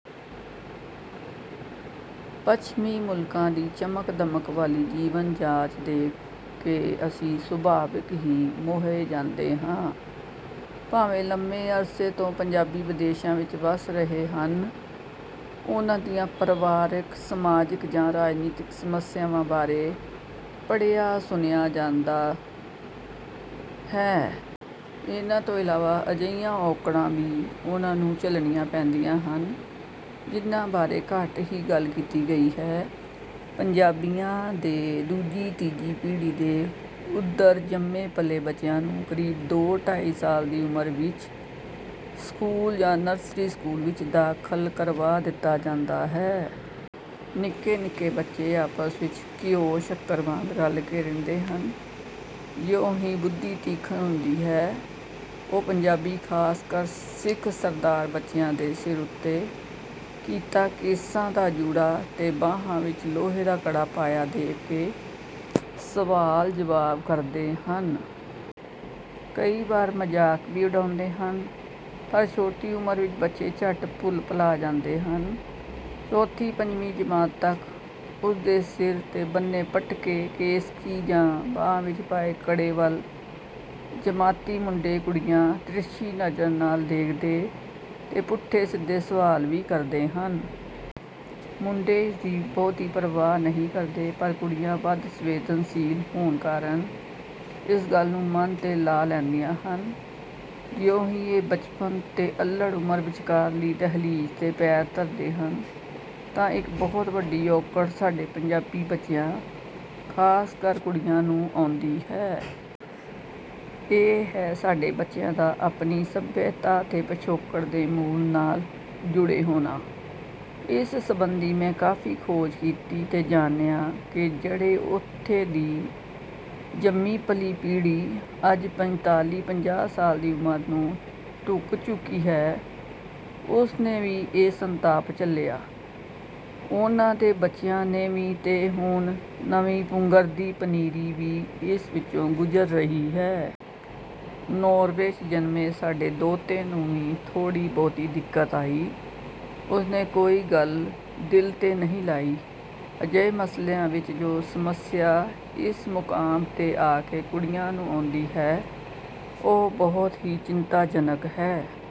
ਪੱਛਮੀ ਮੁਲਕਾਂ ਦੀ ਚਮਕ-ਦਮਕ ਵਾਲੀ ਜੀਵਨ ਜਾਚ ਦੇਖ ਕੇ ਅਸੀਂ ਸੁਭਾਵਿਕ ਹੀ ਮੋਹੇ ਜਾਂਦੇ ਹਾਂ। ਭਾਵੇਂ ਲੰਮੇ ਅਰਸੇ ਤੋਂ ਪੰਜਾਬੀ ਵਿਦੇਸ਼ਾਂ ਵਿੱਚ ਵਸ ਰਹੇ ਹਨ। ਉਨ੍ਹਾਂ ਦੀਆਂ ਪਰਿਵਾਰਕ, ਸਮਾਜਿਕ ਜਾਂ ਰਾਜਨੀਤਕ ਸਮੱਸਿਆਵਾਂ ਬਾਰੇ ਅਕਸਰ ਪੜਿ੍ਹਆ-ਸੁਣਿਆ ਵੀ ਜਾਂਦਾ ਹੈ। ਇਨ੍ਹਾਂ ਤੋਂ ਇਲਾਵਾ ਅਜਿਹੀਆਂ ਔਕੜਾਂ ਵੀ ਉਨ੍ਹਾਂ ਨੂੰ ਝੱਲਣੀਆਂ ਪੈਂਦੀਆਂ ਹਨ ਜਿਨ੍ਹਾਂ ਬਾਰੇ ਘੱਟ ਹੀ ਗੱਲ ਕੀਤੀ ਗਈ ਹੈ। ਪੰਜਾਬੀਆਂ ਦੇ ਦੂਜੀ-ਤੀਜੀ ਪੀੜ੍ਹੀ ਦੇ ਉੱਧਰ ਜੰਮੇ-ਪਲੇ ਬੱਚਿਆਂ ਨੂੰ ਕਰੀਬ ਦੋ-ਢਾਈ ਸਾਲ ਦੀ ਉਮਰ ਵਿੱਚ ਸਕੂਲ ਜਾਂ ਨਰਸਰੀ ਸਕੂਲ ਵਿੱਚ ਦਾਖਲ ਕਰਵਾ ਦਿੱਤਾ ਜਾਂਦਾ ਹੈ। ਨਿੱਕੇ-ਨਿੱਕੇ ਬੱਚੇ ਆਪਸ ਵਿੱਚ ਘਿਓ ਸ਼ੱਕਰ ਵਾਂਗ ਰਲਕੇ ਰਹਿੰਦੇ ਹਨ। ਜਿਉਂ ਹੀ ਬੁੱਧੀ ਤੀਖਣ ਹੁੰਦੀ ਹੈ ਉਹ ਪੰਜਾਬੀ ਖ਼ਾਸ ਕਰ ਸਿੱਖ ਸਰਦਾਰ ਬੱਚਿਆਂ ਦੇ ਸਿਰ ਉੱਤੇ ਕੀਤਾ ਕੇਸਾਂ ਦਾ ਜੂੜਾ ਤੇ ਬਾਂਹ ਵਿੱਚ ਲੋਹੇ ਦਾ ਕੜਾ ਪਾਇਆ ਦੇਖ ਕੇ ਸਵਾਲ-ਜਵਾਬ ਕਰਦੇ ਹਨ। ਕਈ ਵਾਰ ਮਜ਼ਾਕ ਵੀ ਉਡਾਉਂਦੇ ਹਨ, ਪਰ ਛੋਟੀ ਉਮਰ ਵਿੱਚ ਬੱਚੇ ਝੱਟ ਭੁੱਲ-ਭੁਲਾ ਜਾਂਦੇ ਹਨ। ਚੌਥੀ-ਪੰਜਵੀਂ ਜਮਾਤ ਤੱਕ ਉਸ ਦੇ ਸਿਰ 'ਤੇ ਬੰਨ੍ਹੇ ਪਟਕੇ ਕੇਸਕੀ ਜਾਂ ਬਾਂਹ ਵਿੱਚ ਪਾਏ ਕੜੇ ਵੱਲ ਜਮਾਤੀ ਮੁੰਡੇ-ਕੁੜੀਆਂ ਤਿਰਛੀ ਨਜ਼ਰ ਨਾਲ ਦੇਖਦੇ ਤੇ ਪੁੱਠੇ-ਸਿੱਧੇ ਸਵਾਲ ਵੀ ਕਰਦੇ ਹਨ। ਮੁੰਡੇ ਇਸ ਦੀ ਬਹੁਤੀ ਪਰਵਾਹ ਨਹੀਂ ਕਰਦੇ, ਪਰ ਕੁੜੀਆਂ ਵੱਧ ਸੰਵੇਦਨਸ਼ੀਲ ਹੋਣ ਕਾਰਨ ਇਸ ਗੱਲ ਨੂੰ ਮਨ 'ਤੇ ਲਾ ਲੈਂਦੀਆਂ ਹਨ। ਜਿਉਂ ਹੀ ਇਹ ਬਚਪਨ ਤੇ ਅੱਲੜ੍ਹ ਉਮਰ ਵਿਚਕਾਰਲੀ ਦਹਿਲੀਜ਼ 'ਤੇ ਪੈਰ ਧਰਦੇ ਹਨ ਤਾਂ ਇੱਕ ਬਹੁਤ ਵੱਡੀ ਔਕੜ ਸਾਡੇ ਪੰਜਾਬੀ ਬੱਚਿਆਂ ਖ਼ਾਸ ਕਰ ਕੁੜੀਆਂ ਨੂੰ ਆਉਂਦੀ ਹੈ। ਇਹ ਹੈ ਸਾਡੇ ਬੱਚਿਆਂ ਦਾ ਆਪਣੀ ਸੱਭਿਅਤਾ ਤੇ ਪਿਛੋਕੜ ਦੇ ਮੂਲ ਨਾਲ ਜੁੜੇ ਹੋਣਾ। ਇਸ ਸਬੰਧੀ ਮੈਂ ਕਾਫ਼ੀ ਖੋਜ ਕੀਤੀ ਤੇ ਜਾਣਿਆ ਕਿ ਜਿਹੜੀ ਉੱਥੇ ਦੀ ਜੰਮੀ ਪਲੀ ਪੀੜ੍ਹੀ, ਅੱਜ ਪੰਝਤਾਲੀ-ਪੰਜਾਹ ਸਾਲ ਦੀ ਉਮਰ ਨੂੰ ਢੁੱਕ ਚੁੱਕੀ ਹੈ, ਉਸ ਨੇ ਵੀ ਇਹ ਸੰਤਾਪ ਝੱਲਿਆ, ਉਨ੍ਹਾਂ ਦੇ ਬੱਚਿਆਂ ਨੇ ਵੀ ਤੇ ਹੁਣ ਨਵੀਂ ਪੁੰਗਰਦੀਪਨੀਰੀ ਵੀ ਇਸ ਵਿੱਚੋਂ ਗੁਜ਼ਰ ਰਹੀ ਹੈ। ਨੌਰਵੇ 'ਚ ਜਨਮੇ ਸਾਡੇ ਦੋਹਤੇ ਨੂੰ ਵੀ ਥੋੜ੍ਹੀ ਬਹੁਤੀ ਦਿੱਕਤ ਆਈ। ਉਸ ਨੇ ਕੋਈ ਗੱਲ ਦਿਲ 'ਤੇ ਨਹੀਂ ਲਾਈ। ਅਜਿਹੇ ਮਸਲਿਆਂ ਵਿੱਚ ਜੋ ਸਮੱਸਿਆ ਇਸ ਮੁਕਾਮ 'ਤੇ ਆ ਕੇ ਕੁੜੀਆਂ ਨੂੰ ਆਉਂਦੀ ਹੈ ਉਹ ਬਹੁਤ ਹੀ ਚਿੰਤਾਜਨਕ ਹੈ।